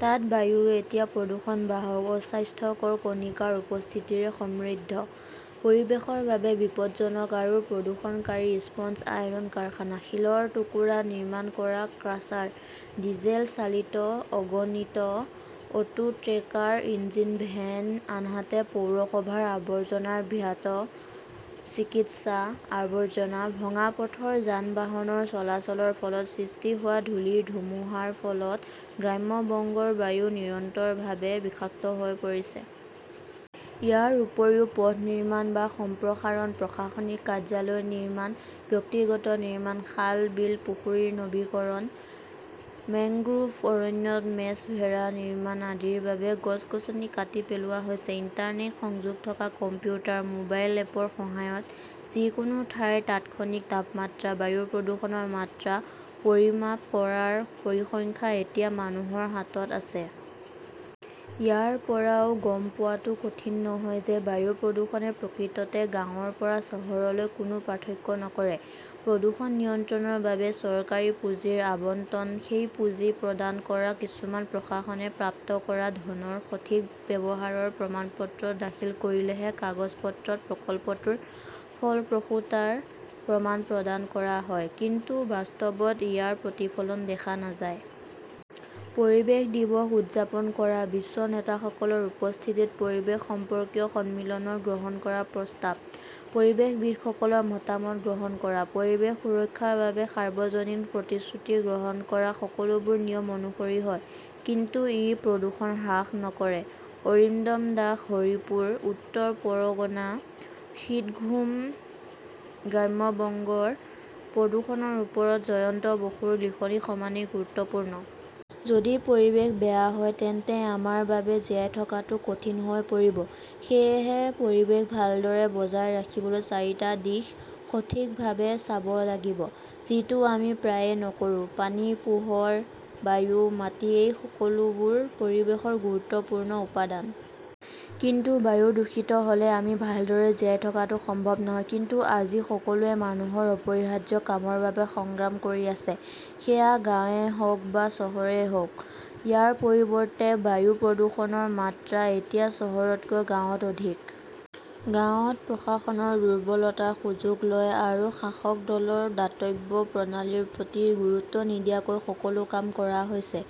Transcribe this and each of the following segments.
তাত বায়ু এতিয়া প্ৰদূষণ-বাহক অস্বাস্থ্যকৰ কণিকাৰ উপস্থিতিৰে সমৃদ্ধ। পৰিৱেশৰ বাবে বিপদজনক আৰু প্ৰদূষণকাৰী স্পঞ্জ আইৰণ কাৰখানা, শিলৰ টুকুৰা নিৰ্মাণ কৰা ক্ৰাছাৰ, ডিজেল চালিত অগণিত অটো-ট্ৰেকাৰ-ইঞ্জিন ভেন, আনহাতে পৌৰসভাৰ আৱৰ্জনাৰ ভ্যাট, চিকিৎসা আৱৰ্জনা, ভঙা পথৰ যান-বাহনৰ চলাচলৰ ফলত সৃষ্টি হোৱা ধূলিৰ ধুমুহাৰ ফলত গ্ৰাম্য বংগৰ বায়ু নিৰন্তৰভাৱে বিষাক্ত হৈ পৰিছে। ইয়াৰ উপৰিও পথ নিৰ্মাণ বা সম্প্ৰসাৰণ, প্ৰশাসনিক কাৰ্যালয় নিৰ্মাণ, ব্যক্তিগত নিৰ্মাণ, খাল-বিল-পুখুৰীৰ নৱীকৰণ, মেংগ্ৰোভ অৰণ্যত মেছ ভেড়া নিৰ্মাণ আদিৰ বাবে গছ-গছনি কাটি পেলোৱা হৈছে। ইণ্টাৰনেট সংযোগ থকা কম্পিউটাৰ, মোবাইল এপৰ সহায়ত যিকোনো ঠাইৰ তাৎক্ষণিক তাপমাত্ৰা, বায়ু প্ৰদূষণৰ মাত্ৰা পৰিমাপ কৰাৰ পৰিসংখ্যা এতিয়া মানুহৰ হাতত আছে। ইয়াৰ পৰাও গম পোৱাটো কঠিন নহয় যে বায়ু প্ৰদূষণে প্ৰকৃততে গাঁৱৰ পৰা চহৰলৈ কোনো পাৰ্থক্য নকৰে। প্ৰদূষণ নিয়ন্ত্ৰণৰ বাবে চৰকাৰী পুঁজিৰ আবণ্টন, সেই পুঁজি প্ৰদান আৰু কিছুমান প্ৰশাসনে প্ৰাপ্ত কৰা ধনৰ সঠিক ব্যৱহাৰৰ প্ৰমাণপত্ৰ দাখিল কৰিলেহে কাগজ-পত্ৰত প্ৰকল্পটোৰ ফলপ্ৰসূতাৰ প্ৰমাণ প্ৰদান কৰা হয়, কিন্তু বাস্তৱত ইয়াৰ প্ৰতিফলন দেখা নাযায়। পৰিৱেশ দিৱস উদযাপন কৰা, বিশ্ব নেতাসকলৰ উপস্থিতিত পৰিৱেশ সম্পৰ্কীয় সন্মিলনত গ্ৰহণ কৰা প্ৰস্তাৱ, পৰিৱেশবিদসকলৰ মতামত গ্ৰহণ কৰা, পৰিৱেশ সুৰক্ষাৰ বাবে সাৰ্বজনীন প্ৰতিশ্ৰুতি গ্ৰহণ কৰা-সকলোবোৰ নিয়ম অনুসৰি হয়, কিন্তু ই প্ৰদূষণ হ্ৰাস নকৰে। অৰিন্দম দাস হৰিপুৰ, উত্তৰ পৰগনা শীতঘুম গ্ৰাম্য বংগৰ প্ৰদূষণৰ ওপৰত জয়ন্ত বসুৰ লিখনি সমানেই গুৰুত্বপূৰ্ণ। যদি পৰিৱেশ বেয়া হয় তেন্তে আমাৰ বাবে জীয়াই থকাটো কঠিন হৈ পৰিব। সেয়েহে, পৰিৱেশ ভালদৰে বজাই ৰাখিবলৈ চাৰিটা দিশ সঠিকভাৱে চাব লাগিব, যিটো আমি প্ৰায়ে নকৰো। পানী, পোহৰ, বায়ু, মাটি-এই সকলোবোৰ পৰিৱেশৰ গুৰুত্বপূৰ্ণ উপাদান। কিন্তু বায়ু দূষিত হ’লে আমি ভালদৰে জীয়াই থকাটো সম্ভৱ নহয়। কিন্তু আজি সকলোৱে মানুহৰ অপৰিহাৰ্য কামৰ বাবে সংগ্ৰাম কৰি আছে, সেয়া গাঁৱেই হওক বা চহৰেই হওক। ইয়াৰ পৰিৱৰ্তে, বায়ু প্ৰদূষণৰ মাত্ৰা এতিয়া চহৰতকৈ গাঁৱত অধিক। গাঁৱত প্ৰশাসনৰ দুৰ্বলতাৰ সুযোগ লৈ আৰু শাসক দলৰ দাতব্য প্ৰণালীৰ প্ৰতি গুৰুত্ব নিদিয়াকৈ সকলো কাম কৰা হৈছে,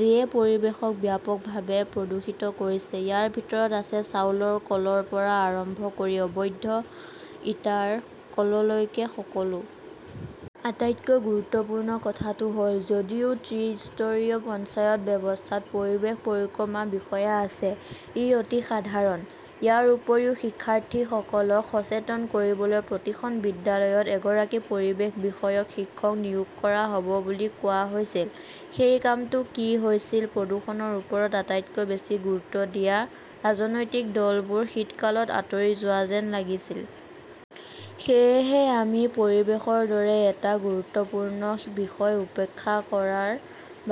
যিয়ে পৰিৱেশক ব্যাপকভাৱে প্ৰদূষিত কৰিছে। ইয়াৰ ভিতৰত আছে চাউলৰ কলৰ পৰা আৰম্ভ কৰি অবৈধ ইটাৰ কললৈকে সকলো। আটাইতকৈ গুৰুত্বপূৰ্ণ কথাটো হ’ল, যদিও ত্ৰিস্তৰীয় পঞ্চায়ত ব্যৱস্থাত পৰিৱেশ পৰিক্ৰমা বিষয়া আছে, ই অতি সাধাৰণ। ইয়াৰ উপৰিও, শিক্ষাৰ্থীসকলক সচেতন কৰিবলৈ প্ৰতিখন বিদ্যালয়ত এগৰাকী পৰিৱেশ বিষয়ক শিক্ষক নিয়োগ কৰা হ’ব বুলি কোৱা হৈছিল। সেই কামটো কি হৈছিল প্ৰদূষণৰ ওপৰত আটাইতকৈ বেছি গুৰুত্ব দিয়া ৰাজনৈতিক দলবোৰ শীতকালত আঁতৰি যোৱা যেন লাগিছিল। সেয়েহে আমি পৰিৱেশৰ দৰে এটা গুৰুত্বপূৰ্ণ বিষয় উপেক্ষা কৰাৰ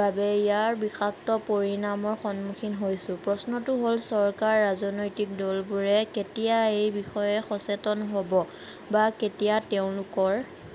বাবে ইয়াৰ বিষাক্ত পৰিণামৰ সন্মুখীন হৈছো। প্ৰশ্নটো হ’ল, চৰকাৰ, ৰাজনৈতিক দলবোৰে কেতিয়া এই বিষয়ে সচেতন হ’ব, বা কেতিয়া তেওঁলোকৰ